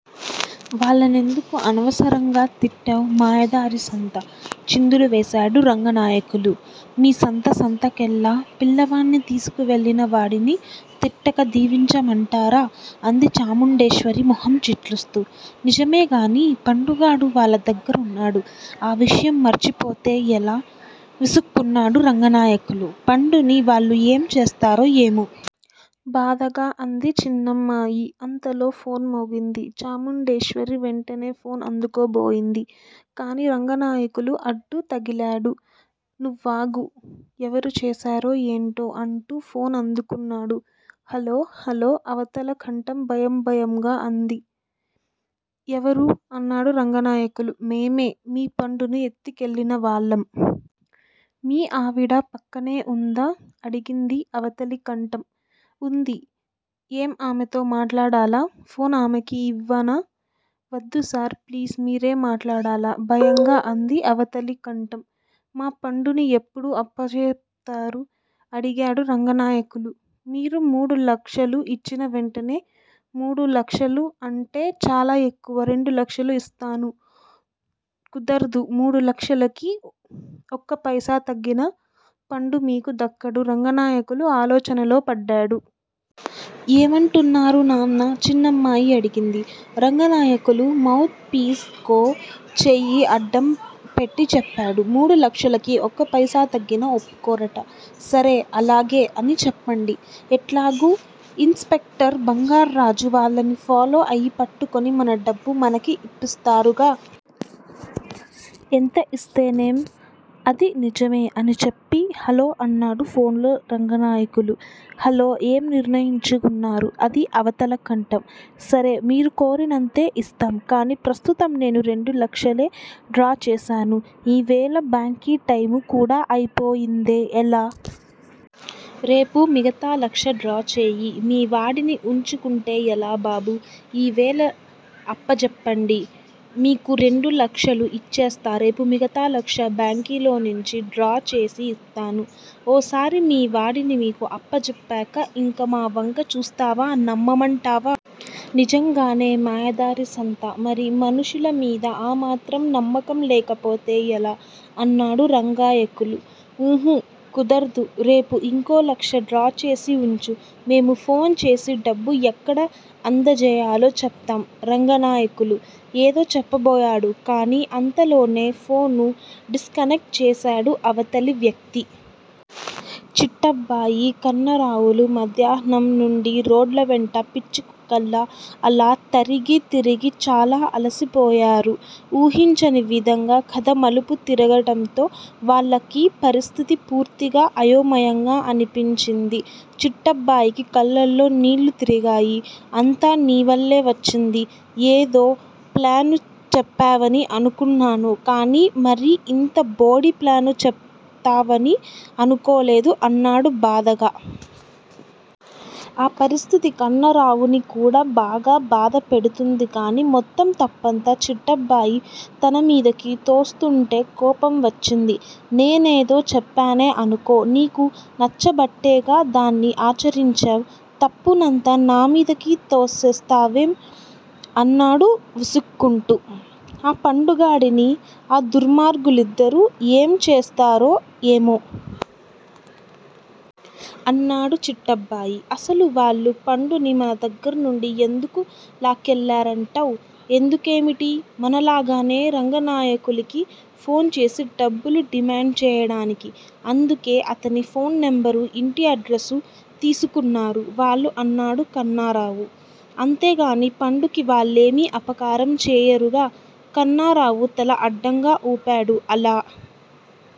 వాళ్ళనెందుకు అనవసరంగా తిట్టావ్ మాయదారి సంత? చిందులు వేశాడు రంగనాయకులు. మీ సంత సంతకెళ్ళ. పిల్లవాడ్ని తిస్కెళ్ళినవాడిని తిట్టక దీవించ మంటారా? అంది చాముండేశ్వరి మొహం చిట్లిస్తూ. నిజమేగాని పండుగాడు వాళ్ళదగ్గరున్నాడు. ఆ విషయం మర్చి పోతే ఎలా? విసుక్కున్నాడు రంగనాయకులు. పండుని వాళ్ళు ఏం చేస్తారో ఏమో! బాధగా అంది చిన్నమ్మాయి. అంతలో ఫోన్ మోగింది. చాముండేశ్వరి వెంటనే ఫోన్ అందుకోబోయింది. కాని రంగనాయకులు అడ్డు తగిలాడు. నువ్వాగు. ఎవరు చేశారో ఎంటో? అంటూ ఫోన్ అందుకున్నాడు. హలో హలో అవతల కంఠం భయం భయంగా అంది. ఎవరూ? అన్నాడు రంగాయకులు. మేమే, మీ పండుని ఎత్తుకెళ్ళినవాళ్ళం. మీ ఆవిడ పక్కనే ఉందా? అడిగింది అవతలి కంఠం. ఉంది ఏం ఆమెతో మాట్లాడాలా? ఫోన్ ఆమెకి ఇవ్వానా? వద్దుసార్! ప్లీజ్ మిరే మాట్లాడాలా భయంగా అంది అవతలి కంఠం. మా పండుని ఎప్పుడు అప్పజేత్తరు? అడిగాడు రంగనాయకులు. మీరు మూడు లక్షలు ఇచిన వెంటనే మూడు లక్షలు అంటే చాలా ఎక్కువ రెండు లక్షలు ఇస్తాను కుదర్దు మూడు లక్షలకి ఒక్కప్తెసా తగ్గినా పండు మీకు దక్కడు రంగనాయకులు ఆలోచనలో పడ్దాడు. ఏమంటున్నారు నాన్నా? చిన్నమ్మాయి అడిగింది. రంగనాయకులు మౌత్ పిస్ కో చెయ్యి అడ్డం పెట్టి చెప్పాడు. మూడు లక్షలకి ఒక్కప్తెసా తగ్గినా ఒప్పుకోరట! సరే అలాగే అని చెప్పండి. ఎట్లాగు ఇన్స్ పెక్టర్ బంగార్రాజు వాళ్ళని ఫాలో అయి పట్టుకుని మన డబ్బు మనకి ఇప్పిస్తారుగా? ఎంత ఇస్తేనేం? అది నిజమే అని చెప్పి హలో అన్నాడు ఫోన్లో రంగనాయకులు. హలో ఏం నిర్ణయించుకున్నారు? అది అవతల కంఠం. సరే! మీరు కోరినంతే ఇస్తాం కాని ప్రస్తుతం నేను రెండు లక్షలే డ్రా చేశాను ఈ వేళ బ్యాంకి టైము కూడా అయిపోయిందే ఎలా? రేపు మిగతా లక్ష డ్రా చేయి మీ వాడిని ఉంచుకుంటే ఎలా బాబూ? ఈ వేళ అప్పజేప్పండి మీకు రెండు లక్షలు ఇచ్చేస్తా రేపు మిగతా లక్షా బ్యాకిలోనుంచి డ్రా చేసి ఇస్తాను. ఓసారి మీ వాడిని మీకు అప్పజేప్పాక ఇంక మా వంక చూస్తావా నమ్మమంటావా? నిజంగానే మాయదారి సంత మరి మనుషుల మీద ఆ మాత్రం నమ్మకం లేకపోతే ఎలా? అన్నాడు రంగాయకులు. ఊహు కుదర్దూ రేపు ఇంకో లక్ష డ్రాచేసి ఉంచు మేము ఫోన్ చేసి డబ్బు ఎక్కడ అందజేయాలో చెప్తాం రంగనాయకులు ఎదో చెప్పబోయాడు కాని అంతలోనే ఫోను డిస్కనెక్ట్ చేశాడు అవతలి వ్యక్తి. చిట్టబ్బాయి, కన్నరావులు మధ్యాహ్నం నుండి రొడ్ల వెంట పిచ్చి కుక్కల్లా అలా తరిగి తిరిగి చాలా అలసిపోయారు. ఊహించని విధంగా కథ మలుపు తిరగడంతో వాళ్ళకి పరిస్ధితి పూర్తిగా అయోమయంగా అనిపించింది. చిట్టబ్బాయికి కళ్ళల్లో నీళ్ళు తిరిగాయి. అంతా నీవల్లే వచ్చింది ఎదో ప్లాను చెప్పావని అనుకున్నాను గాని మరి ఇంత బోడి ప్లాను చెప్తావని అనుకోలేదు అన్నాడు బాధగా. ఆ పరిస్ధితి కన్నారావుని కూడా బాగా బాధ పెడ్తుందిగాని మొత్తం తప్పంతా చిట్టబ్బాయి తనమిదకి తోస్తుంటే కోపం వచ్చింది. నేనేదో చెప్పానే అనుకో నీకు నచ్చబట్టేగా దాన్ని ఆచరించావ్ తప్పు నంతా నా మీదకి తోసేస్తావేం? అన్నాడు విసుక్కుంటూ. ఆ పండుగాడిని ఆ దుర్మార్గుద్దరూ ఏం చేస్తారో ఏమో! అన్నాడు చిట్టబ్బాయి. అసలు వాళ్లు పండుని మన దగ్గర్నుండి ఎందుకు లాక్కెళ్ళారంటావ్? ఎందుకేమిటి? మనలాగనే రంగానాయకులుకి ఫోన్ చేసి డబ్బులు డిమాండ్ చేయడానికి! అందుకే అతని ఫోన్ నెంబరూ, ఇంటి అడ్రసూ తిస్కున్నారు వాళ్లు అన్నాడు కన్నారావు. అంతేగాని పండుకి వాళ్ళేమి అపకారం చేయరుగా? కన్నారావు తల అడ్డంగా ఊపాడు. అలా